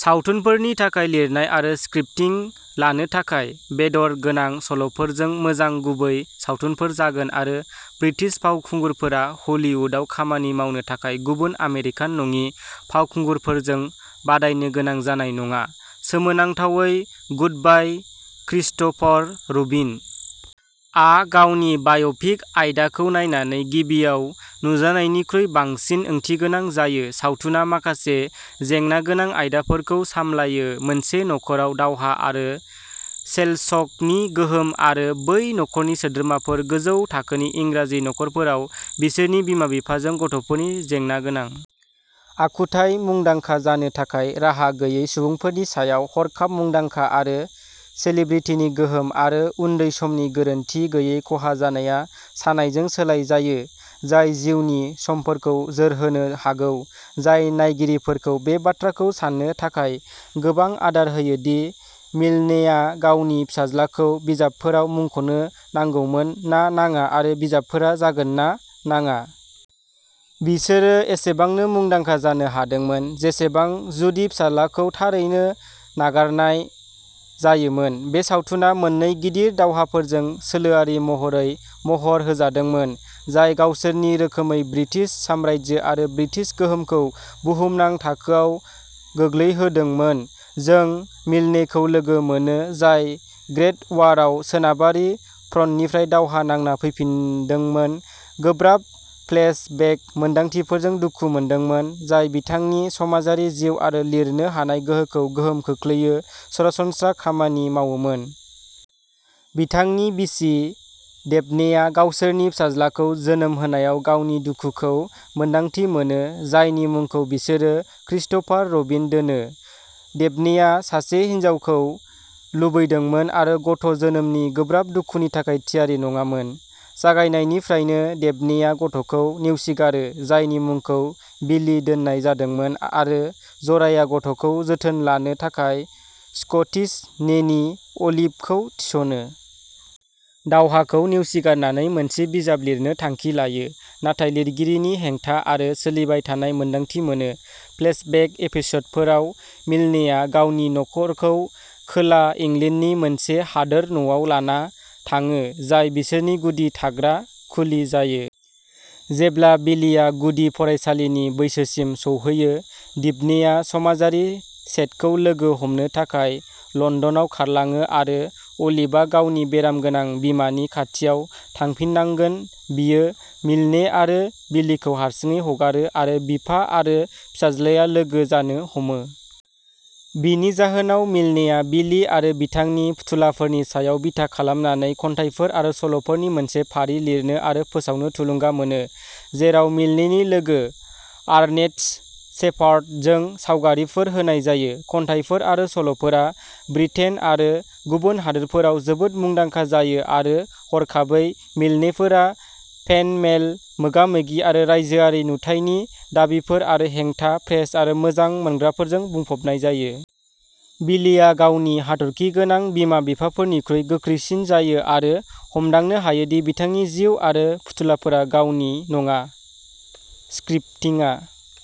सावथुनफोरनि थाखाय लिरनाय आरो स्क्रिप्टिं लानो थाखाय, बेदर गोनां सल'फोरजों मोजां गुबै सावथुनफोर जागोन आरो ब्रिटिश फावखुंगुरफोरा हलिउदाव खामानि मावनो थाखाय गुबुन आमेरिकान नङि फावखुंगुरफोरजों बादायनो गोनां जानाय नङा। सोमोनांथावै, गुडबाय क्रिस्ट'फर रबिन आ गावनि बाय'पिक आयदाखौ नायनानै गिबियाव नुजानायनिख्रुइ बांसिन ओंथिगोनां जायो सावथुना माखासे जेंनागोनां आयदाफोरखौ सामलायो मोनसे नख'राव दावहा आरो सेलश'कनि गोहोम आरो बै नख'रनि सोमोन्दोफोर गोजौ थाखोनि इंराजि नखरफोराव बिसोरनि बिमा-बिफाजों गथ'फोरनि जेंनागोनां आखुथाय मुंदांखा जानो थाखाय राहा गैयै सुबुंफोरनि सायाव हरखाब मुंदांखा आरो सेलिब्रिटिनि गोहोम आरो उन्दै समनि गोरोनथि गैयै खहा जानाया सानायजों सोलाय जायो जाय जिउनि समफोरखौ जोरहोनो हागौ जाय नायगिरिफोरखौ बे बाथ्राखौ सान्नो थाखाय गोबां आदार होयो दि मिल्नेआ गावनि फिसाज्लाखौ बिजाबफोराव मुंख'नो नांगौमोन ना नाङा आरो बिजाबफोरा जागोन ना नाङा। बिसोरो एसेबांनो मुंदांखा जानो हादोंमोन जेसेबां जुदि फिसाज्लाखौ थारैनो नागारनाय जायोमोन। बे सावथुना मोननै गिदिर दावहाफोरजों सोलोआरि महरै महर होजादोंमोन, जाय गावसोरनि रोखोमै ब्रिटिश साम्रायजो आरो ब्रिटिश गोहोमखौ बुहुमनां थाखोआव गोग्लैहोदोंमोन। जों मिल्ने खौ लोगो मोनो, जाय ग्रेट वारआव सोनाबारि फ्रन्टनिफ्राय दावहा नांना फैफिनदोंमोन, गोब्राब फ्लेश बेक मोनदांथिफोरजों दुखु मोनदोंमोन जाय बिथांनि समाजारि जिउ आरो लिरनो हानाय गोहोखौ गोहोम खोख्लैयो, सरासनस्रा खामानि मावोमोन। बिथांनि बिसि डेफने आ गावसोरनि फिसाज्लाखौ जोनोम होनायाव गावनि दुखुखौ मोन्दांथि मोनो, जायनि मुंखौ बिसोरो क्रिस्ट'फर रबिन दोनो डेफनेआ सासे हिनजावखौ लुबैदोंमोन आरो गथ' जोनोमनि गोब्राब दुखुनि थाखाय थियारि नङामोन। जागायनायनिफ्रायनो डेफनेआ गथ'खौ नेवसिगारो, जायनि मुंखौ बिलि दोननाय जादोंमोन आरो जराया गथ'खौ जोथोन लानो थाखाय स्कटिस नेनी अलिभ खौ थिसनो। दावहाखौ नेवसिगारनानै मोनसे बिजाब लिरनो थांखि लायो, नाथाय लिरगिरिनि हेंथा आरो सोलिबाय थानाय मोन्दांथि मोनो। फ्लैश बेक एपिस'डफोराव, मिल्नेआ गावनि नखरखौ खोला इंलेन्डनि मोनसे हादोर न'आव लाना थाङो, जाय बिसोरनि गुदि थाग्रा खुलि जायो। जेब्ला बिलीया गुदि फरायसालिनि बैसोसिम सौहैयो, डेफनेआ समाजारि सेटखौ लोगो हमनो थाखाय लन्दनाव खारलाङो आरो अलिभआ गावनि बेराम गोनां बिमानि खाथियाव थांफिननांगोन बेयो मिल्ने आरो बिलीखौ हारसिङै हगारो आरो बिफा आरो फिसाज्लाया लोगो जानो हमो। बेनि जाहोनाव मिल्नेआ बिली आरो बिथांनि फुथुलाफोरनि सायाव बिथा खालामनानै खन्थाइफोर आरो सल'फोरनि मोनसे फारि लिरनो आरो फोसावनो थुलुंगा मोनो, जेराव मिल्नेनि लोगो आर्नेस्ट शेपार्ड जों सावगारिफोर होनाय जायो। खन्थाइफोर आरो सल'फोरा ब्रिटेन आरो गुबुन हादोरफोराव जोबोद मुंदांखा जायो आरो हरखाबै मिल्नेफोरा फेन मेल, मोगा-मोगि आरो रायजोआरि नुथायनि दाबिफोर आरो हेंथा प्रेस आरो मोजां मोनग्राफोरजों बुंफबनाय जायो। बिलीया गावनि हाथरखि गोनां बिमा-बिफाफोरनिख्रुइ गोख्रैसिन जायो आरो हमदांनो हायो दि बिथांनि जिउ आरो फुथुलाफोरा गावनि नङा। स्क्रिप्टिंआ